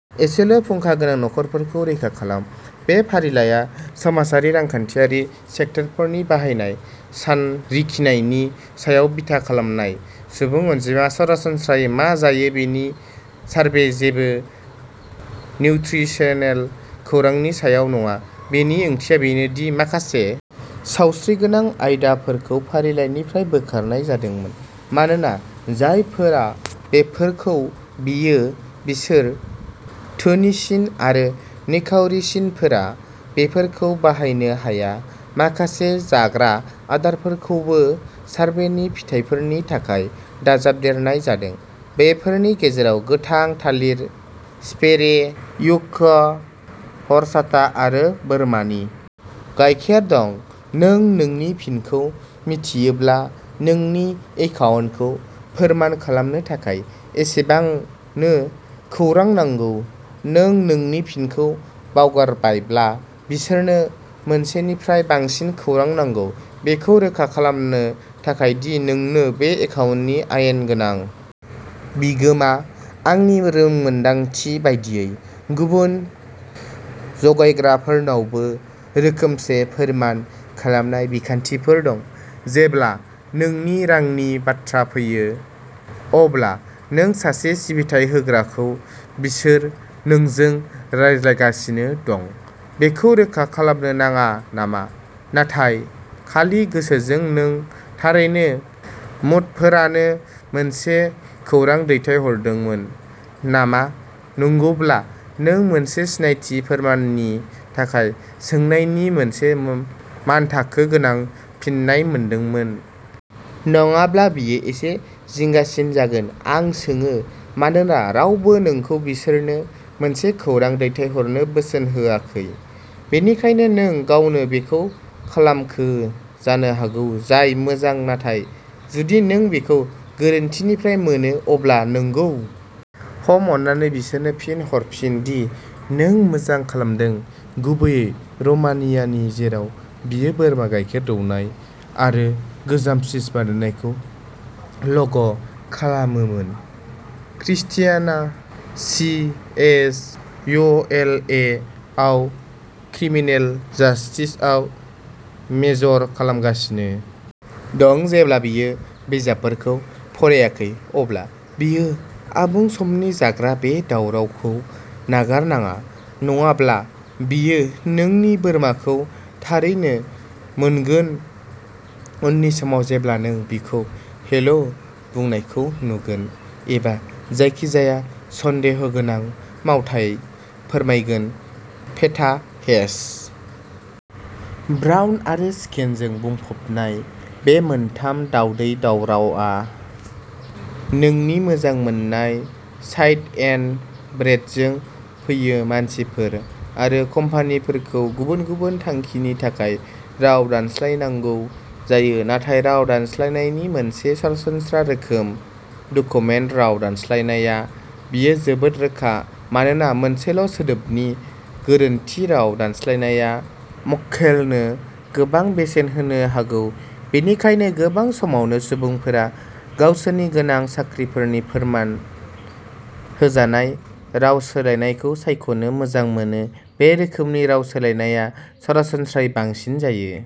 एसेल' फुंखा गोनां नखरफोरखौ रैखा खालाम बे फारिलाइआ समाजारि रांखान्थियारि सेक्टरफोरनि बाहायनाय सानरिखिनि सायाव बिथा खालामनाय सुबुं अनजिमाया सरासनस्रायै मा जायो बेनि सारभे जेबो निउत्रिसनेल खौरांनि सायाव नङा बेनि ओंथिया बेनो दि माखासे सावस्रिगोनां आदारफोरखौ फारिलाइनिफ्राय बोखारनाय जादोंमोन मानोना जायफोरा बेफोरखौ बायो बिसोर धोनिसिन आरो निखावरिसिनफोरा बेफोरखौ बायनो हाया माखासे जाग्रा आदारफोरखौबो सारभेनि फिथायफोरनि थाखाय दाजाबदेरनाय जादों बेफोरनि गेजेराव गोथां थालिर चिभेरे युक्का हरचाटा आरो बोरमानि गायखेर दं नों नोंनि पिनखौ मिथियोब्ला नोंनि एकाउन्टखौ फोरमान खालामनो थाखाय एसेबांनो खौरां नांगौ नों नोंनि पिनखौ बावगारबायब्ला बिसोरनो मोनसेनिफ्राय बांसिन खौरां नांगौ बेखौ रोखा खालामनो थाखाय दि नोंनो बे एकाउन्टनि आयेन गोनां बिगोमा आंनि रोंमोन्दांथि बायदियै गुबुन जगायग्राफोरनावबो रोखोमसे फोरमान खालामनाय बिखान्थिफोर दं जेब्ला नोंनि रांनि बाथ्रा फैयो अब्ला नों सासे सिबिथाइ होग्राखौ बिसोर नोंजों रायज्लायगासिनो दं बेखौ रोखा खालामनो नाङा नामा नाथाय खालि गोसोजों नों थारैनो मडफोरनो मोनसे खौरां दैथायहरदोंमोन नामा नंगौब्ला नों मोनसे सिनायथि फोरमाननि थाखाय सोंनायनि मोनसे मन मानथाखो गोनां फिननाय मोनदोंमोन। नङाब्ला बेयो एसे जिंगासिन जागोन आं सोङो मानोना रावबो नोंखौ बिसोरनो मोनसे खौरां दैथायहरनो बोसोन होआखैमोन बेनिखायनो नों गावनो बेखौ खालामखो जानो हागौ जाय मोजां नाथाय जुदि नों बेखौ गोरोन्थिनिफ्राय मोनो अब्ला नंगौ हम्म अन्नानै बिसोरनो फिन हरफिन दि नों मोजां खालामदों गुबैयै र'मानियानि जेराव बियो बोरमा गायखेर दौनाय आरो गोजाम चीज बानायनायखौ ल'ग खालामोमोन Christina C S E L A आव क्रिमिनल जस्टिसआव मेजर खालामगासिनो दं जेब्ला बियो बिजाबफोरखौ फरायाखै अब्ला बियो आबुं समनि जाग्रा बे दावरावखौ नागारनाङा नङाब्ला बेयो नोंनि बोरमाखौ थारैनो मोनगोन उननि समाव जेब्ला नों बिखौ हेल'बुंनायखौ नुगोन एबा जायखिजाया सन्देहगोनां मावथाय फोरमायगोन फेटा हेश ब्राउन आरो चिकेनजों बुंफबनाय बे मोनथाम दावदै दावरावआ नोंनि मोजां मोननाय साइड एन्ड ब्रेडजों फैयो मानसिफोर आरो कम्पानिफोरखौ गुबुन गुबुन थांखिनि थाखाय राव दानस्लायनांगौ जायो नाथाय राव दानस्लायनानि मोनसे सरासनस्रा रोखोमआ डकुमेन्ट राव दानस्लायनाया बेयो जोबोद रोखा मानोना मोनसेल'सोदोबनि गोरोन्थि राव दानस्लायनाया मक्केलनो गोबां बेसेन होनो हागौ बेनिखायनो गोबां समावनो सुबुंफोरा गावसोरनि गोनां साख्रिफोरनि फोरमान होजानाय रावस्लायनखौ सायख'नो मोजां मोनो बे रोखोमनि रावस्लायनाया सरासनस्रायै बांसिन जायो।